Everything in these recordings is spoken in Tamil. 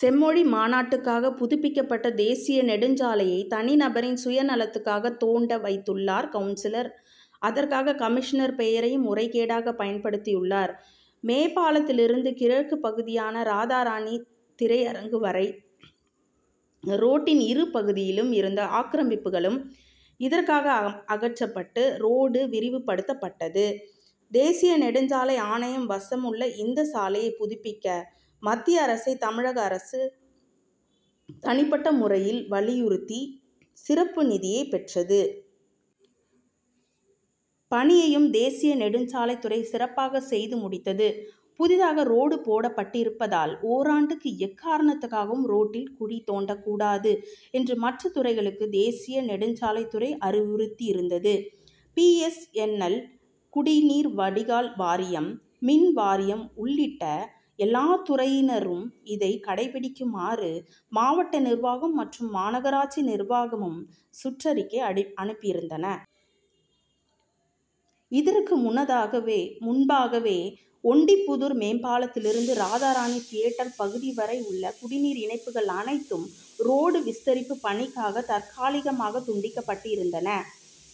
செம்மொழி மாநாட்டுக்காக புதுப்பிக்கப்பட்ட தேசிய நெடுஞ்சாலையை தனிநபரின் சுய நலத்துக்காகத் தோண்ட வைத்துள்ளார் கவுன்சிலர் அதற்காக கமிஷ்னர் பெயரையும் முறைகேடாக பயன்படுத்தியுள்ளார். மேம்பாலத்திலிருந்து கிழக்கு பகுதியான ராதாராணி திரையரங்கு வரை ரோட்டின் இரு பகுதியிலும் இருந்த ஆக்கிரமிப்புகளும் இதற்காக அகற்றப்பட்டு, ரோடு விரிவுபடுத்தப்பட்டது. தேசிய நெடுஞ்சாலை ஆணையம் வசமுள்ள இந்த சாலையைப் புதுப்பிக்க, மத்திய அரசை தமிழக அரசு தனிப்பட்ட முறையில் வலியுறுத்தி சிறப்பு நிதியைப்பெற்றது. பணியையும் தேசிய நெடுஞ்சாலைத்துறை சிறப்பாக செய்து முடித்தது. புதிதாக ரோடு போடப்பட்டிருப்பதால், ஓராண்டுக்கு எக்காரணத்துக்காகவும் ரோட்டில் குழி தோண்டக்கூடாது என்று மற்ற துறைகளுக்கு தேசிய நெடுஞ்சாலைத்துறை அறிவுறுத்தியிருந்தது. பி. எஸ். என். எல்., குடிநீர் வடிகால் வாரியம், மின் வாரியம் உள்ளிட்ட எல்லாத்துறையினரும் இதை கடைபிடிக்குமாறு, மாவட்ட நிர்வாகம் மற்றும் மாநகராட்சி நிர்வாகமும் சுற்றறிக்கை அனுப்பியிருந்தன. இதற்கு முன்னதாகவே முன்பாகவே, ஒண்டிப்புதூர் மேம்பாலத்திலிருந்து ராதாராணி தியேட்டர் பகுதி வரை உள்ள குடிநீர் இணைப்புகள் அனைத்தும் ரோடு விஸ்தரிப்புப் பணிக்காக தற்காலிகமாக துண்டிக்கப்பட்டிருந்தன.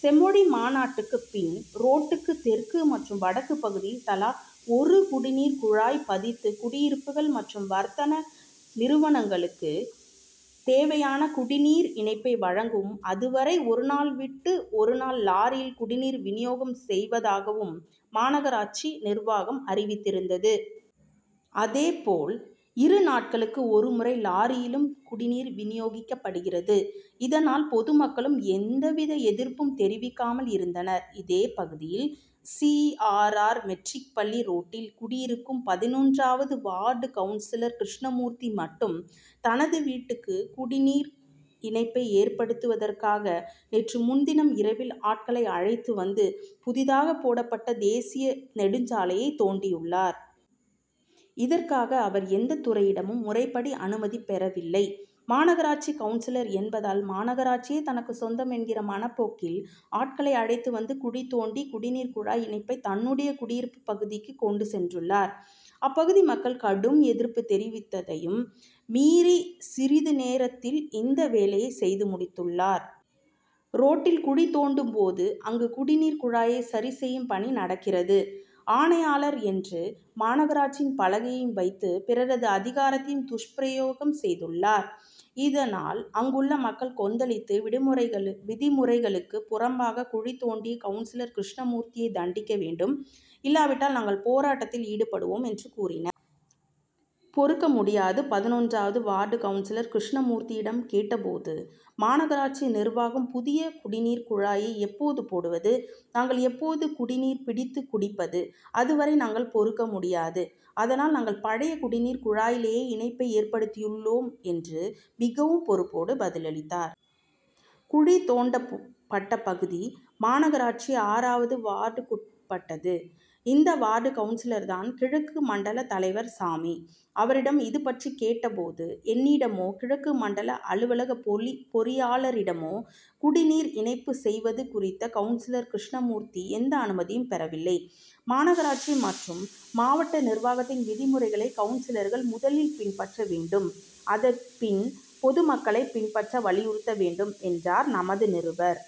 செம்மொழி மாநாட்டுக்குப் பின், ரோட்டுக்கு தெற்கு மற்றும் வடக்கு பகுதியில் தலா ஒரு குடிநீர் குழாய் பதித்து குடியிருப்புகள் மற்றும் வர்த்தன நிறுவனங்களுக்கு தேவையான குடிநீர் இணைப்பை வழங்கவும், அதுவரை ஒரு நாள் விட்டு ஒரு நாள் லாரியில் குடிநீர் வினியோகம் செய்வதாகவும் மாநகராட்சி நிர்வாகம் அறிவித்திருந்தது. அதேபோல், இரு நாட்களுக்கு ஒரு முறை லாரியிலும் குடிநீர் வினியோகிக்கப்படுகிறது. இதனால், பொதுமக்களும் எந்தவித எதிர்ப்பும் தெரிவிக்காமல் இருந்தனர். இதே பகுதியில், சி. ஆர். ஆர்.,மெட்ரிக் பள்ளி ரோட் டில் குடியிருக்கும் பதினொன்றாவது வார்டு கவுன்சிலர் கிருஷ்ணமூர்த்தி மட்டும், தனது வீட்டுக்கு குடிநீர் இணைப்பை ஏற்படுத்துவதற்காக, நேற்று முன் தினம் இரவில் ஆட்களை அழைத்து வந்து, புதிதாக போடப்பட்ட தேசிய நெடுஞ்சாலையைத் தோண் டியுள்ளார். இதற்காக, அவர் எந்தத் துறையிடமும் முறைப்படி அனுமதி பெறவில்லை. மாநகராட்சி கவுன்சிலர் என்பதால், மாநகராட்சியே தனக்குச் சொந்தம் என்கிற மனப்போக்கில், ஆட்களை அழைத்து வந்து, குழி தோண்டி, குடிநீர் குழாய் இணைப்பை தன்னுடைய குடியிருப்புப் பகுதிக்கு கொண்டு சென்றுள்ளார். அப்பகுதி மக்கள் கடும் எதிர்ப்பு தெரிவித்ததையும் மீறி, சிறிது நேரத்தில் இந்த வேலையைச் செய்து முடித் துள்ளார். ரோட்டில் குழி தோண்டும் போது, அங்கு "குடிநீர் குழாயை சரி செய்யும் பணி நடக்கிறது, ஆணையாளர்' என்று மாநகராட்சியின் பலகையையும் வைத்து, பிறரது அதிகாரத்தையும் துஷ்பிரயோகம் செய்துள்ளார். இதனால், அங்குள்ள மக்கள் கொந்தளித்து, "விதிமுறைகளுக்கு புறம்பாக குழி தோண்டிய கவுன்சிலர் கிருஷ்ணமூர்த்தியை தண்டிக்க வேண்டும்; இல்லாவிட்டால் நாங்கள் போராட்டத்தில் ஈடுபடுவோம்' என்று கூறினர். பொறுக்க முடியாது பதினொன்றாவது வார்டு கவுன்சிலர் கிருஷ்ணமூர்த்தியிடம் கேட்டபோது, மாநகராட்சி நிர்வாகம் புதிய குடிநீர் குழாயை எப்போது போடுவது, நாங்கள் எப்போது குடிநீர் பிடித்து குடிப்பது? அதுவரை நாங்கள் பொறுக்கமுடியாது. அதனால், நாங்கள் பழைய குடிநீர் குழாயிலேயே, இணைப்பை ஏற்படுத்தியுள்ளோம்,'' என்று மிகவும் "பொறுப்போடு' பதிலளித்தார். குழி தோண்டப்பட்ட பகுதி, மாநகராட்சி ஆறாவது வார்டுக்குட்பட்டது. இந்த வார்டு கவுன்சிலர்தான், கிழக்கு மண்டலத் தலைவர் சாமி. அவரிடம் இதுபற்றி கேட்டபோது, ""என்னிடமோ, கிழக்கு மண்டல அலுவலக பொறியாளரிடமோ குடிநீர் இணைப்பு செய்வது குறித்து கவுன்சிலர் கிருஷ்ணமூர்த்தி எந்த அனுமதியும் பெறவில்லை. மாநகராட்சி மற்றும் மாவட்ட நிர்வாகத்தின் விதிமுறைகளை கவுன்சிலர்கள் முதலில் பின்பற்ற வேண்டும். அதன் பின் பொதுமக்களை பின்பற்ற வலியுறுத்த வேண்டும்,'' என்றார். நமது நிருபர்